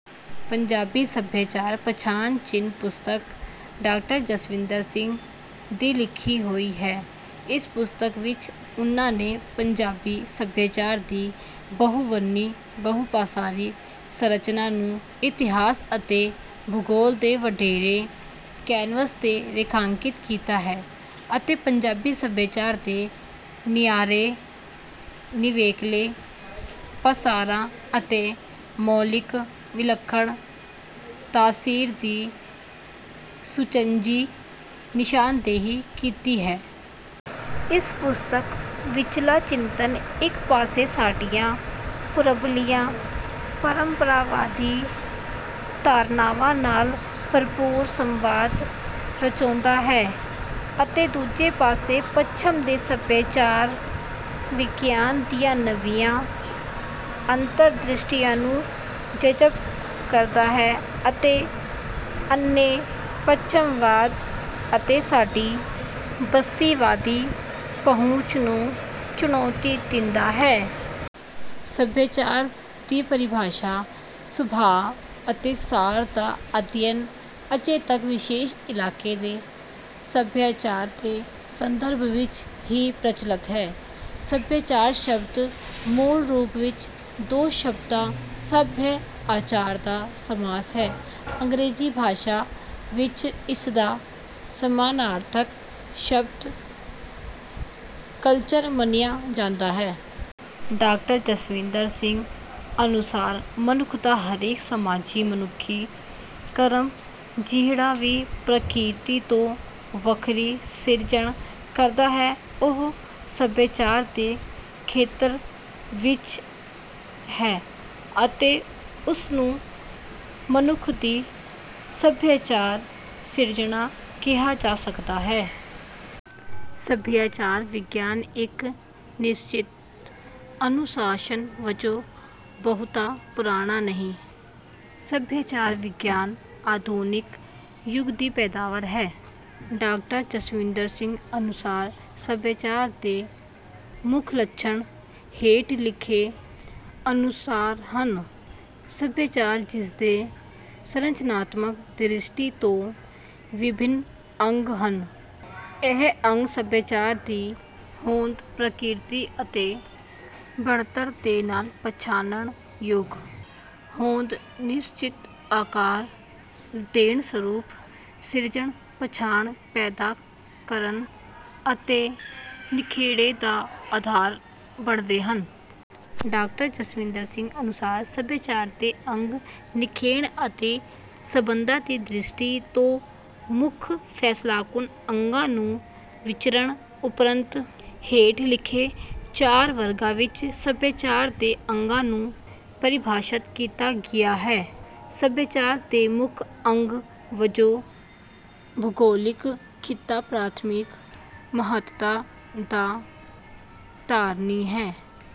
ਪੰਜਾਬੀ ਸਭਿਆਚਾਰ ਪਛਾਣ ਚਿੰਨ੍ਹ ਪੁਸਤਕ ਡਾਕਟਰ ਜਸਵਿੰਦਰ ਸਿੰਘ ਦੀ ਲਿਖੀ ਹੋਈ ਹੈ। ਇਸ ਪੁਸਤਕ ਵਿੱਚ ਉਨ੍ਹਾਂ ਨੇ ਪੰਜਾਬੀ ਸਭਿਆਚਾਰ ਦੀ ਬਹੁਵੰਨੀ ਬਹੁਪਾਸਾਰੀ ਸੰਰਚਨਾ ਨੂੰ ਇਤਿਹਾਸ ਅਤੇ ਭੂਗੋਲ ਦੇ ਵਡੇਰੇ ਕੈਨਵਸ ਤੇ ਰੇਖਾਂਕਿਤ ਕੀਤਾ ਹੈ ਅਤੇ ਪੰਜਾਬੀ ਸਭਿਆਚਾਰ ਦੇ ਨਿਆਰੇ ਨਿਵੇਕਲੇ ਪਾਸਾਰਾਂ ਅਤੇ ਮੌਲਿਕ ਵਿਲਖਣ ਤਾਸੀਰ ਦੀ ਸੁਚੱਜੀ ਨਿਸ਼ਾਨਦੇਹੀ ਕੀਤੀ ਹੈ। ਇਸ ਪੁਸਤਕ ਵਿੱਚਲਾ ਚਿੰਤਨ ਇੱਕ ਪਾਸੇ ਸਾਡੀਆਂ ਪੂਰਬਲੀਆਂ ਪਰੰਪਰਾਵਾਦੀ ਧਾਰਨਾਵਾਂ ਨਾਲ ਭਰਪੂਰ ਸੰਵਾਦ ਰਚਾਉਂਦਾ ਹੈ ਅਤੇ ਦੂਜੇ ਪਾਸੇ ਪੱਛਮ ਦੇ ਸਭਿਆਚਾਰ ਵਿਗਿਆਨ ਦੀਆਂ ਨਵੀਆਂ ਅੰਤਰਦ੍ਰਿਸ਼ਟੀਆਂ ਨੂੰ ਜਜਬ ਕਰਦਾ ਹੈ ਅਤੇ ਅੰਨੇ ਪੱਛਮਵਾਦ ਅਤੇ ਸਾਡੀ ਬਸਤੀਵਾਦੀ ਪਹੁੰਚ ਨੂੰ ਚੁਣੌਤੀ ਦਿੰਦਾ ਹੈ। ਸਭਿਆਚਾਰ ਦੀ ਪਰਿਭਾਸ਼ਾ ਸੁਭਾਅ ਅਤੇ ਸਾਰ ਦਾ ਅਧਿਐਨ ਅਜੇ ਤੱਕ ਵਿਸ਼ੇਸ਼ ਇਲਾਕੇ ਦੇ ਸਭਿਆਚਾਰ ਦੇ ਸੰਦਰਭ ਵਿੱਚ ਹੀ ਪ੍ਰਚਲਤ ਹੈ। ਸਭਿਆਚਾਰ ਸ਼ਬਦ ਮੂਲ ਰੂਪ ਵਿੱਚ ਦੋ ਸ਼ਬਦਾ ਸਭਯ ਆਚਾਰ ਦਾ ਸਮਾਸ ਹੈ। ਅੰਗਰੇਜੀ ਭਾਸ਼ਾ ਵਿੱਚ ਇਸਦਾ ਸਮਾਨਾਰਥਕ ਸ਼ਬਦ ਕਲਚਰ ਮੰਨਿਆ ਜਾਂਦਾ ਹੈ। ਡਾਕਟਰ ਜਸਵਿੰਦਰ ਸਿੰਘ ਅਨੁਸਾਰ ਮਨੁਖ ਦਾ ਹਰੇਕ ਸਮਾਜੀ ਮਨੁਖੀ ਕਰਮ ਜਿਹੜਾ ਵੀ ਪ੍ਰਕਿਰਤੀ ਤੋਂ ਵਖਰੀ ਸਿਰਜਣ ਕਰਦਾ ਹੈ ਉਹ ਸਭਿਆਚਾਰ ਦੇ ਖੇਤਰ ਵਿੱਚ ਹੈ ਅਤੇ ਉਸ ਨੂੰ ਮਨੁਖ ਦੀ ਸਭਿਆਚਾਰ ਸਿਰਜਣਾ ਕਿਹਾ ਜਾ ਸਕਦਾ ਹੈ। ਸਭਿਆਚਾਰ ਵਿਗਿਆਨ ਇੱਕ ਨਿਸਚਿਤ ਅਨੁਸਾਸ਼ਨ ਵਜੋਂ ਬਹਤਾ ਪੁਰਾਣਾ ਨਹੀਂ। ਸਭਿਆਚਾਰ ਵਿਗਿਆਨ ਆਧੁਨਿਕ ਯੁੱਗ ਦੀ ਪੈਦਾਵਾਰ ਹੈ। ਡਾਕਟਰ ਜਸਵਿੰਦਰ ਸਿੰਘ ਅਨੁਸਾਰ ਸਭਿਆਚਾਰ ਦੇ ਮੁਖ ਲੱਛਣ ਹੇਠ ਲਿਖੇ ਅਨੁਸਾਰ ਹਨ। ਸਭਿਆਚਾਰ ਜਿਸਦੇ ਸੰਰਚਨਾਤਮਕ ਦ੍ਰਿਸ਼ਟੀ ਤੋਂ ਵਿਭਿੰਨ ਅੰਗ ਹਨ ਇਹ ਅੰਗ ਸਭਿਆਚਾਰ ਦੀ ਹੋਂਦ ਪ੍ਰਕਿਰਤੀ ਅਤੇ ਬਣਤਰ ਦੇ ਨਾਲ ਪਛਾਨਣਯੋਗ ਹੋਂਦ ਨਿਸਚਿਤ ਆਕਾਰ ਦੇਣ ਸਰੂਪ ਸਿਰਜਣ ਪਛਾਣ ਪੈਦਾ ਕਰਨ ਅਤੇ ਨਿਖੇੜੇ ਦਾ ਆਧਾਰ ਬਣਦੇ ਹਨ। ਡਾਕਟਰ ਜਸਵਿੰਦਰ ਸਿੰਘ ਅਨੁਸਾਰ ਸਭਿਆਚਾਰ ਦੇ ਅੰਗ ਨਿਖੇੜ ਅਤੇ ਸਬੰਧਾਂ ਦੀ ਦ੍ਰਿਸ਼ਟੀ ਤੋਂ ਮੁਖ ਫੈਸਲਾਕੁਨ ਅੰਗਾਂ ਨੂੰ ਵਿਚਰਣ ਉਪਰੰਤ ਹੇਠ ਲਿਖੇ ਚਾਰ ਵਰਗਾਂ ਵਿੱਚ ਸਭਿਆਚਾਰ ਦੇ ਅੰਗਾਂ ਨੂੰ ਪਰਿਭਾਸ਼ਤ ਕੀਤਾ ਗਿਆ ਹੈ। ਸਭਿਆਚਾਰ ਦੇ ਮੁਖ ਅੰਗ ਵਜੋਂ ਭੂਗੌਲਿਕ ਖਿੱਤਾ ਪ੍ਰਾਥਮਿਕ ਮਹੱਤਤਾ ਦਾ ਧਾਰਨੀ ਹੈ।